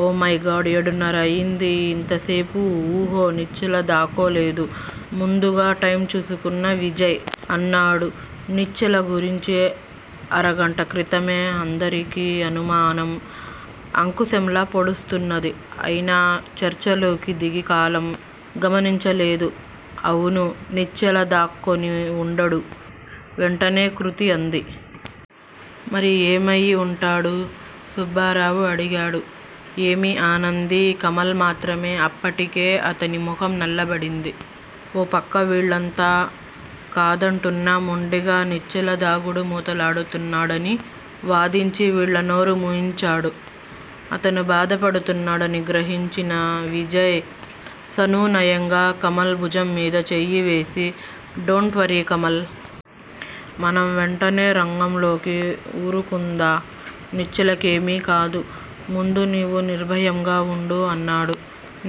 ఓ my god. ఏడున్నర అయింది ఇంతసేపు ఉహో నిశ్చల దాక్కోలేదు ముందుగా టైము చూసుకున్న విజయ్ అన్నాడు. నిశ్చల గురించి అరగంట క్రితమే అందరికీ అనుమానం అంకుశంలా పొడుస్తున్నది. అయినా చర్చలోకి దిగి కాలం గమనించలేదు. అవును నిశ్చల దాక్కొని వుండడు వెంటనే కృతి అంది. మరి ఏమయి వుంటాడు? సుబ్బారావు అడిగాడు. ఏమీ ఆనంది కమల్ మాత్రమే అప్పటికే అతని ముఖం నల్లబడింది ఓపక్క వీళ్ళంతా కాదంటున్నా మొండిగా నిశ్చల దాగుడు మూతలాడుతున్నదని వాదించి వీళ్ళ నోరు మూయించాడు. అతను బాధపడుతున్నాడని గ్రహించిన విజయ్ సానునయంగా కమల్ బుజంమీద చేయివేసి డోంట్ వర్రీ కమల్! మనం వెంటనే రంగంలోకి వురుకుందా. నిశ్చల కేమీకాదు. ముందు నీవు నిర్భయంగా వుండు అన్నాడు.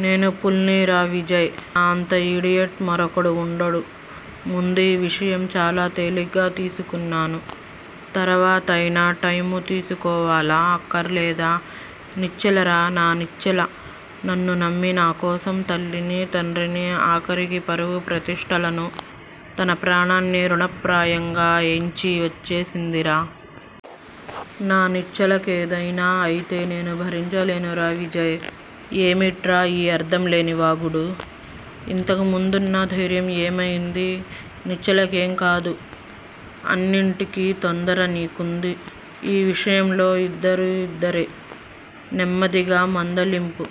నేను పూల్నిరా విజయ్! నా అంత ఇడియట్ మరొకడు వుండడు. ముందీవిషయం చాలా తేలిగ్గా తీసుకున్నాను. తర్వాతయినా టైము చూసుకోవాలా అక్కరలేదా! నిశ్చలరా. నా నిశ్చల. నన్ను నమ్మి నాకోసం తల్లిని తండ్రిని ఆఖరికి పరువు ప్రతిష్టలను తనప్రాణాన్నిరుణప్రాయంగా ఎంచి వచ్చేసిందిరా! నా నిశ్చల కేదైనా అయితే నే భరించలేనురా విజయ్! ఏమిట్రా ఈ అర్ధంలేని వాగుడు! ఇంతకుముందున్న ధైర్యం ఏమయింది నిశ్చలకేంకాదు. అన్నింటికీ తొందర నీకూ వుంది. ఈ విషయంలో ఇద్దరూ యిద్దరే నెమ్మదిగా మందలింపు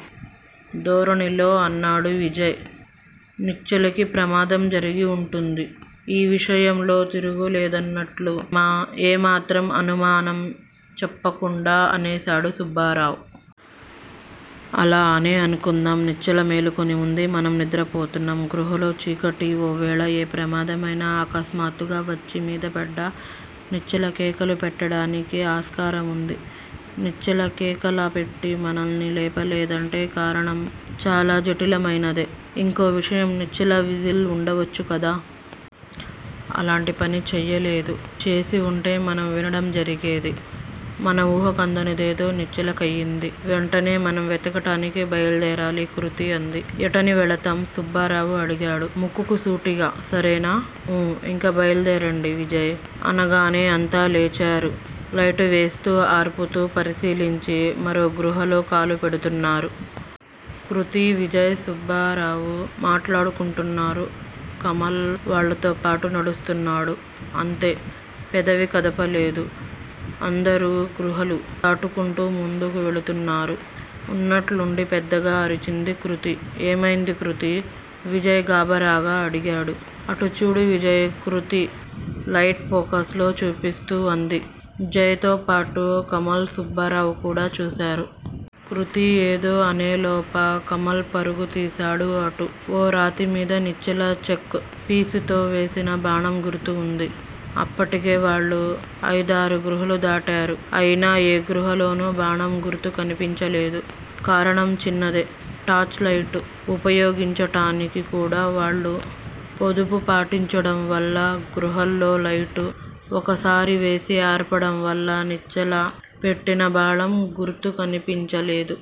ధోరణిలో అన్నాడు విజయ్. నిశ్చలకి ప్రమాదం జరిగివుంటుంది! ఈ విషయంలో తిరుగులేదన్నట్లు ఏ మాత్రం అనుమానం చెప్పకుండా అనేశాడు సుబ్బారావు. అలా అనే అనుకుందాం. నిశ్చల మేలుకుని వుంది. మనం నిద్రపోతున్నాం. గుహలో చీకటి ఓ వేళ ఏ ప్రమాదమైన అకస్మాత్తుగా వచ్చి మీదపడ్డా నిశ్చల కేకలు పెట్టటానికి ఆస్కారం వుంది. నిశ్చల కేకల పేట్టి మనల్ని లేపలేదంటే కారణం చాలా జటిల మైనదే. ఇంకో విషయం నిశ్చల విజిల్ వూడవచ్చు కదా? అలాంటి పని చెయ్యలేదు. చేసివుంటే మనం వినడం జరిగేది. మన వూహకందనిదేదో నిశ్చల కయింది. వెంటనే మనం వెతకడానికి బయల్దేరాలి కృతి అంది. ఎటని వెళతాం? సుబ్బారావు అడిగాడు. ముక్కుకు సూటిగా సరేనా? ఊ ఇంక బయల్దేరండి విజయ్ అనంగానే అంతా లేచారు. లైటు వేస్తూ అర్పుతూ పరిశీలించి మరో గుహలో కాలుపెడుతున్నారు. కృతి విజయ్. సుబ్బారావు మాట్లాడుకుంటున్నారు. కమల్ వాళ్ళతోపాటు నడుస్తున్నాడు అంతే పెదవి కదపలేదు. అందరూ గుహలు దాటుకుంటూ ముందుకు వెళుతున్నారు. ఉన్నట్టుండి పెద్దగా అరిచింది కృతి. ఏమైంది కృతీ! విజయ్ గాభరాగా అడిగాడు. అటుచూడు విజయ్! కృతి లైట్ ఫోకస్ లో చూపిస్తూ అంది. జయ్ తో పాటు కమల్ సుబ్బరావు కూడా చూశారు. కృతి ఏదో అనేలోప కమల్ పరుగు తీశాడు అటు. ఓ రాతి మీద నిశ్చల చాక్ పీసుతో వేసిన బాణం గుర్తు ఉంది. అప్పటికే వాళ్ళు అయిదారు గుహాలు దాటారు. అయినా ఏ గుహాలోనూ బాణంగుర్తు కనిపించలేదు. కారణం చిన్నదే. టార్చిలైటు వుపయోగించటానికి కూడా వాళ్ళు పొదుపు పాటించటంవల్ల గుహలో లైటు ఒకసారి వేసి అర్పటంవల్ల నిశ్చల పెట్టిన బాణం గుర్తు కనిపించలేదు.